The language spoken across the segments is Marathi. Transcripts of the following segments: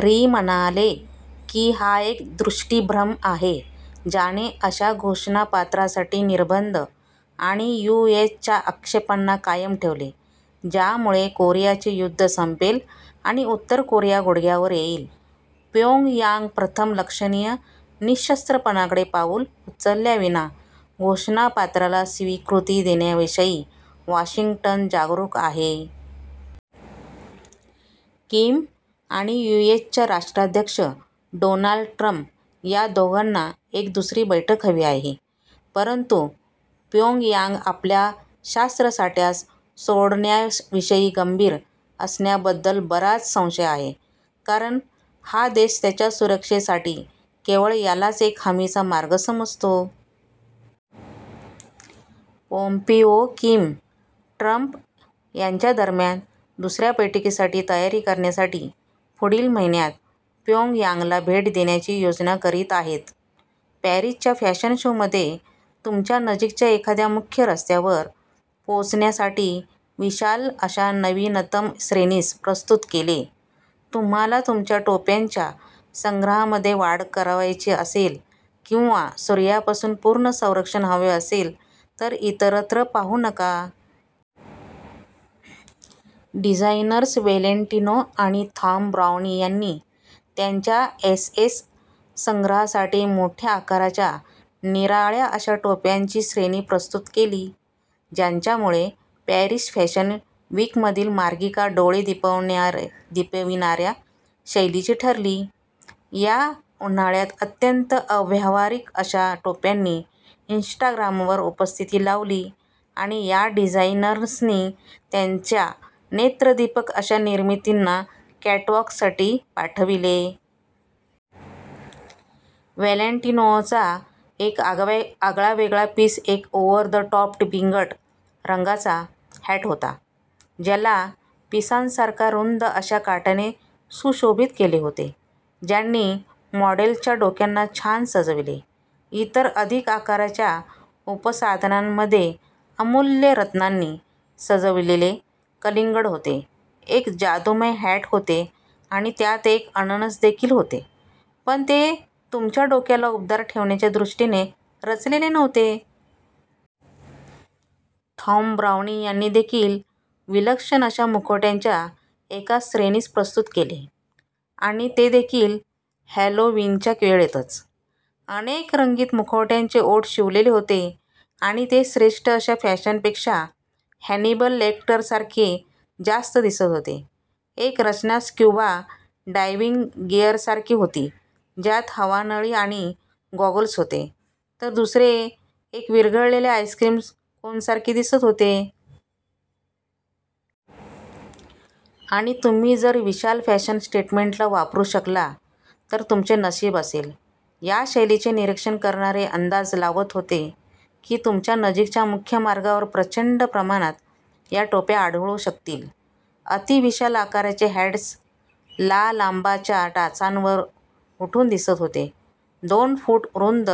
री म्हणाले की हा एक "दृष्टीभ्रम" आहे, ज्याने अशा घोषणापत्रासाठी निर्बंध आणि यू. एस. च्या आक्षेपांना कायम ठेवले, ज्यामुळे कोरियाचे युद्ध संपेल आणि उत्तर कोरिया गुडघ्यावर येईल. प्योंगयांग प्रथम लक्षणीय निःशस्त्रपणाकडे पाऊल उचलल्याविना घोषणापत्राला स्वीकृती देण्याविषयी वाशिंग्टन जागरूक आहे. किम आणि यू. एस. च्या राष्ट्राध्यक्ष डोनाल्ड ट्रम्प या दोघांना एक दुसरी बैठक हवी आहे. परंतु प्योंगयांग आपल्या शास्त्रसाठ्यास सोडण्याविषयी गंभीर असण्याबद्दल बराच संशय आहे, कारण हा देश त्याच्या सुरक्षेसाठी केवळ यालाच एक हमीचा मार्ग समजतो. पोम्पिओ किम-ट्रम्प यांच्यादरम्यान दुसऱ्या बैठकीसाठी तयारी करण्यासाठी पुढील महिन्यात प्योंगयांगला भेट देण्याची योजना करीत आहेत. पॅरिसच्या फॅशन शोमध्ये तुमच्या नजीकच्या एखाद्या मुख्य रस्त्यावर पोहोचण्यासाठी विशाल अशा नवीनतम श्रेणीस प्रस्तुत केले. तुम्हाला तुमच्या टोप्यांच्या संग्रहामध्ये वाढ करावयाची असेल किंवा सूर्यापासून पूर्ण संरक्षण हवे असेल तर इतरत्र पाहू नका. डिझाईनर्स व्हॅलेंटिनो आणि थॉम ब्राउनी यांनी त्यांच्या एसएस संग्रहांसाठी मोठ्या आकाराच्या निराळ्या अशा टोप्यांची श्रेणी प्रस्तुत केली, ज्यांच्यामुळे पॅरिस फॅशन विकमधील मार्गिका डोळे दिपविणाऱ्या शैलीची ठरली या उन्हाळ्यात अत्यंत अव्यावहारिक अशा टोप्यांनी इन्स्टाग्रामवर उपस्थिती लावली आणि या डिझाईनर्सनी त्यांच्या नेत्रदीपक अशा निर्मितींना कॅटवाकसाठी पाठविले. व्हॅलेंटिनोचा एक आगळावेगळा पीस एक ओव्हर-द-टॉप पिंगट रंगाचा हॅट होता, ज्याला पिसांसारख्या रुंद अशा काठाने सुशोभित केले होते, ज्यांनी मॉडेल्सच्या डोक्यांना छान सजविले. इतर अधिक आकाराच्या उपसाधनांमध्ये अमुल्य रत्नांनी सजविलेले कलिंगड होते, एक जादूमय हॅट होते आणि त्यात एक अननस देखील होते – पण ते तुमच्या डोक्याला उबदार ठेवण्याच्या दृष्टीने रचलेले नव्हते. थॉम ब्राउनी यांनी देखील विलक्षण अशा मुखवट्यांच्या एका श्रेणीस प्रस्तुत केले- आणि ते देखील हॅलोविनच्या वेळेतच. अनेक रंगीत मुखवट्यांचे ओठ शिवलेले होते आणि ते श्रेष्ठ अशा फॅशनपेक्षा हॅनिबल लेक्टरसारखे जास्त दिसत होते. एक रचना स्क्युबा डायव्हिंग गियरसारखी होती, ज्यात हवानळी आणि गॉगल्स होते, तर दुसरे एक विरघळलेल्या आईसक्रीम कोनसारखे दिसत होते. आणि तुम्ही जर या विशाल फॅशन स्टेटमेंटला वापरू शकला- तर तुमचे नशीब असेल. या शैलींचे निरीक्षण करणारे अंदाज लावत होते की तुमच्या नजीकच्या मुख्य मार्गावर प्रचंड प्रमाणात या टोप्या आढळू शकतील. अति-विशाल आकाराचे हॅट्स 'ला लांबा'च्या टाचांवर उठून दिसत होते, दोन-फूट रुंद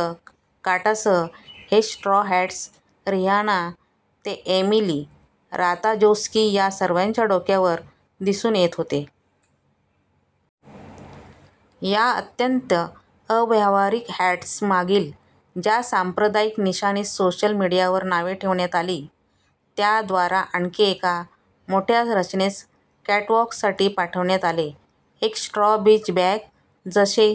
काठासह हे स्ट्रॉ हॅट्स, रिहाना ते एमिली राताजोस्की या सर्वांच्या डोक्यावर दिसून येत होते. या अत्यंत अव्यावहारिक हॅट्समागील ज्या सांप्रदायिक निशाणीस सोशल मिडीयावर नावे ठेवण्यात आली, त्याद्वारा आणखी एका मोठ्या रचनेस कॅटवाकसाठी पाठविण्यात आले- एक स्ट्रॉ बीच बॅग, जसे